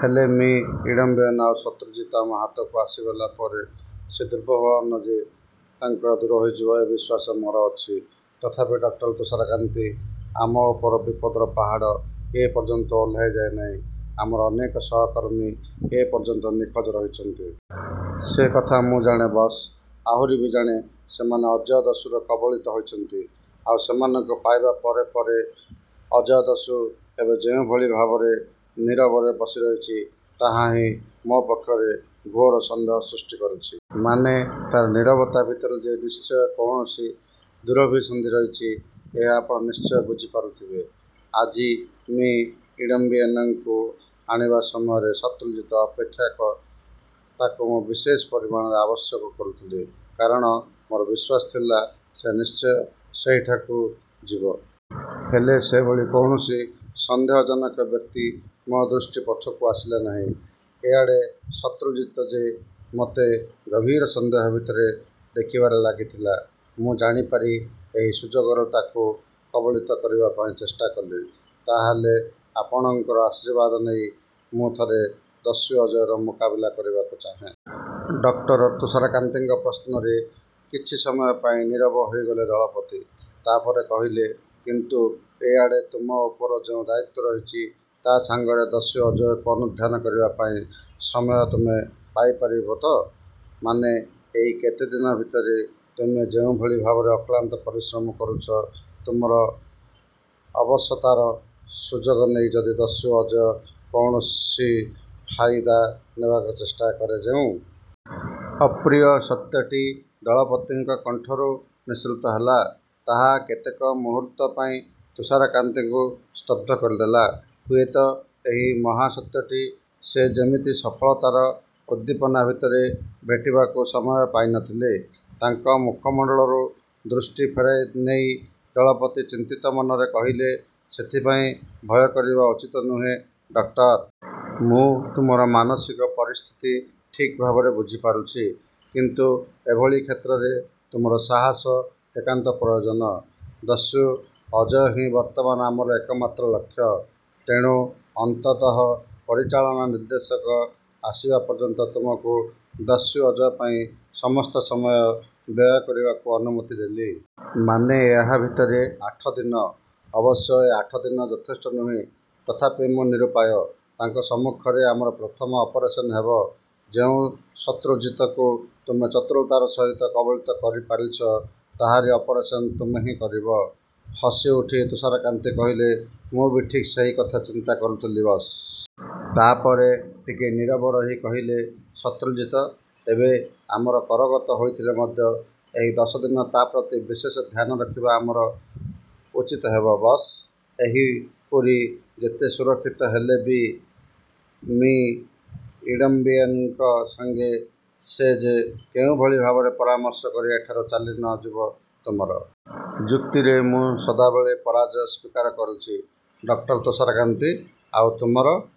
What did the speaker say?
"ହେଲେ, ମି. ଇଡମ୍ବିଏନ୍ ଆଉ ଶତ୍ରୁଜିତ ଆମ ହାତକୁ ଆସିଗଲା ପରେ ସେ ଦୁର୍ଭାବନା ଯେ ତାଙ୍କର ଦୂର ହୋଇଯିବ, ଏ ବିଶ୍ୱାସ ମୋର ଅଛି। ତଥାପି ଡକ୍ଟର ତୁଷାରକାନ୍ତି! ଆମ ଉପରୁ ବିପଦର ପାହାଡ଼ ଏ ପର୍ଯ୍ୟନ୍ତ ଓହ୍ଲାଇ ଯାଇ ନାହିଁ। ଆମର ଅନେକ ସହକର୍ମୀ ଏ ପର୍ଯ୍ୟନ୍ତ ନିଖୋଜ ରହିଛନ୍ତି। ସେ କଥା ମୁଁ ଜାଣେ, ବସ୍। ଆହୁରି ବି ଜାଣେ, ସେମାନେ ଅଜୟ ଦସ୍ୟୁର କବଳିତ ହୋଇଛନ୍ତି। ଆଉ ସେମାନଙ୍କୁ ପାଇବା ପରେ ପରେ ଅଜୟ ଦସ୍ୟୁ ଏବେ ଯେଉଁଭଳି ଭାବରେ ନୀରବରେ ବସିରହିଛି, ତାହା ହିଁ ମୋ ପକ୍ଷରେ ଘୋର ସନ୍ଦେହ ସୃଷ୍ଟି କରିଛି। ମାନେ ତା'ର ନୀରବତା ଭିତରେ ଯେ ନିଶ୍ଚୟ କୌଣସି ଦୁରଭିସନ୍ଧି ରହିଛି, ଏହା ଆପଣ ନିଶ୍ଚୟ ବୁଝିପାରୁଥିବେ। ଆଜି ମି. ଇଡମ୍ବିଏନ୍‌ଙ୍କୁ ଆଣିବା ସମୟରେ ଶତ୍ରୁଜିତ ଅପେକ୍ଷା ତାକୁ ମୁଁ ବିଶେଷ ପରିମାଣରେ ଆବଶ୍ୟକ କରୁଥିଲି। କାରଣ ମୋର ବିଶ୍ୱାସ ଥିଲା, ସେ ନିଶ୍ଚୟ ସେହିଠାକୁ ଯିବ। ହେଲେ, ସେଭଳି କୌଣସି ସନ୍ଦେହଜନକ ବ୍ୟକ୍ତି ମୋ ଦୃଷ୍ଟିପଥକୁ ଆସିଲା ନାହିଁ। ଏ ଆଡ଼େ ଶତ୍ରୁଜିତ ଯେ ମୋତେ ଗଭୀର ସନ୍ଦେହ ଭିତରେ ଦେଖିବାରେ ଲାଗିଥିଲା, ମୁଁ ଜାଣିପାରି ଏହି ସୁଯୋଗରେ ତାକୁ କବଳିତ କରିବା ପାଇଁ ଚେଷ୍ଟା କଲି। ତା'ହେଲେ...? ଆପଣଙ୍କର ଆଶୀର୍ବାଦ ନେଇ ମୁଁ ଥରେ ଦସ୍ୟୁ ଅଜୟର ମୁକାବିଲା କରିବାକୁ ଚାହେଁ। ଡକ୍ଟର ତୁଷାରକାନ୍ତିଙ୍କ ପ୍ରଶ୍ନରେ କିଛି ସମୟ ପାଇଁ ନୀରବ ହୋଇଗଲେ ଦଳପତି। ତା'ପରେ କହିଲେ, "କିନ୍ତୁ ଏ ଆଡ଼େ ତୁମ ଉପରେ ଯେଉଁ ଦାୟିତ୍ୱ ରହିଛି, ତା' ସାଙ୍ଗରେ ଦସ୍ୟୁ ଅଜୟକୁ ଅନୁଧ୍ୟାନ କରିବା ପାଇଁ ସମୟ ତୁମେ ପାଇପାରିବ ତ? ମାନେ, ଏଇ କେତେ ଦିନ ଭିତରେ ତୁମେ ଯେଉଁଭଳି ଭାବରେ ଅକ୍ଳାନ୍ତ ପରିଶ୍ରମ କରୁଛ, ତୁମର ଅବଶତାର ସୁଯୋଗ ନେଇ ଯଦି ଦସ୍ୟୁ ଅଜୟ କୌଣସି ଫାଇଦା ନେବାକୁ ଚେଷ୍ଟା କରେ.ଯେଉଁ ଅପ୍ରିୟ ସତ୍ୟଟି ଦଳପତିଙ୍କ କଣ୍ଠରୁ ନିଃସୃତ ହେଲା, ତାହା କେତେକ ମୁହୂର୍ତ୍ତ ପାଇଁ ତୁଷାରକାନ୍ତିଙ୍କୁ ସ୍ତବ୍ଧ କରିଦେଲା। ହୁଏତ ଏହି ମହାସତ୍ୟଟି ସେ ଯେମିତି ସଫଳତାର ଉଦ୍ଦୀପନା ଭିତରେ ଭେଟିବାକୁ ସମୟ ପାଇ ନ ଥିଲେ। ତାଙ୍କ ମୁଖମଣ୍ଡଳରୁ ଦୃଷ୍ଟି ଫେରାଇ ନେଇ ଦଳପତି ଚିନ୍ତିତ ମନରେ କହିଲେ, ସେଥିପାଇଁ ଭୟ କରିବା ଉଚିତ ନୁହେଁ, ଡକ୍ଟର। ମୁଁ ତୁମର ମାନସିକ ପରିସ୍ଥିତି ଠିକ୍ ଭାବରେ ବୁଝିପାରୁଛି। କିନ୍ତୁ ଏଭଳି କ୍ଷେତ୍ରରେ ତୁମର ସାହସ ଏକାନ୍ତ ପ୍ରୟୋଜନ। ଦସ୍ୟୁ ଅଜୟ ହିଁ ବର୍ତ୍ତମାନ ଆମର ଏକମାତ୍ର ଲକ୍ଷ୍ୟ। ତେଣୁ ଅନ୍ତତଃ ପରିଚାଳନା ନିର୍ଦ୍ଦେଶକ ଆସିବା ପର୍ଯ୍ୟନ୍ତ ତୁମକୁ ଦସ୍ୟୁ ଅଜୟ ପାଇଁ ସମସ୍ତ ସମୟ ବ୍ୟୟ କରିବାକୁ ଅନୁମତି ଦେଲି। ମାନେ, ଏହା ଭିତରେ ଆଠ ଦିନ। ଅବଶ୍ୟ ଏ ଆଠ ଦିନ ଯଥେଷ୍ଟ ନୁହେଁ, ତଥାପି ମୁଁ ନିରୁପାୟ। ତାଙ୍କ ସମ୍ମୁଖରେ ଆମର ପ୍ରଥମ ଅପରେସନ୍ ହେବ। ଯେଉଁ ଶତ୍ରୁଜିତକୁ ତୁମେ ଚତୁରତାର ସହିତ କବଳିତ କରିପାରିଛ, ତାହାରି ଅପରେସନ୍ ତୁମେ ହିଁ କରିବ। ହସିଉଠି ତୁଷାରକାନ୍ତି କହିଲେ, ମୁଁ ବି ଠିକ୍ ସେହି କଥା ଚିନ୍ତା କରୁଥିଲି, ବସ୍। ତା'ପରେ ଟିକିଏ ନୀରବ ରହି କହିଲେ, ଶତ୍ରୁଜିତ ଏବେ ଆମର କରଗତ ହୋଇଥିଲେ ମଧ୍ୟ ଏହି ଦଶ ଦିନ ତା' ପ୍ରତି ବିଶେଷ ଧ୍ୟାନ ରଖିବା ଆମର ଉଚିତ ହେବ, ବସ୍। ଏହି ପୁରୀ ଯେତେ ସୁରକ୍ଷିତ ହେଲେ ବି, ମି. ଇଡମ୍ବିଏନ୍‌ଙ୍କ ସଙ୍ଗେ ସେ ଯେ କେଉଁଭଳି ଭାବରେ ପରାମର୍ଶ କରି ଏଠାରୁ ଚାଲି ନ ଯିବ. ତୁମର ଯୁକ୍ତିରେ ମୁଁ ସଦାବେଳେ ପରାଜୟ ସ୍ୱୀକାର କରିଛି, ଡକ୍ଟର ତୁଷାରକାନ୍ତି। ଆଉ ତୁମର.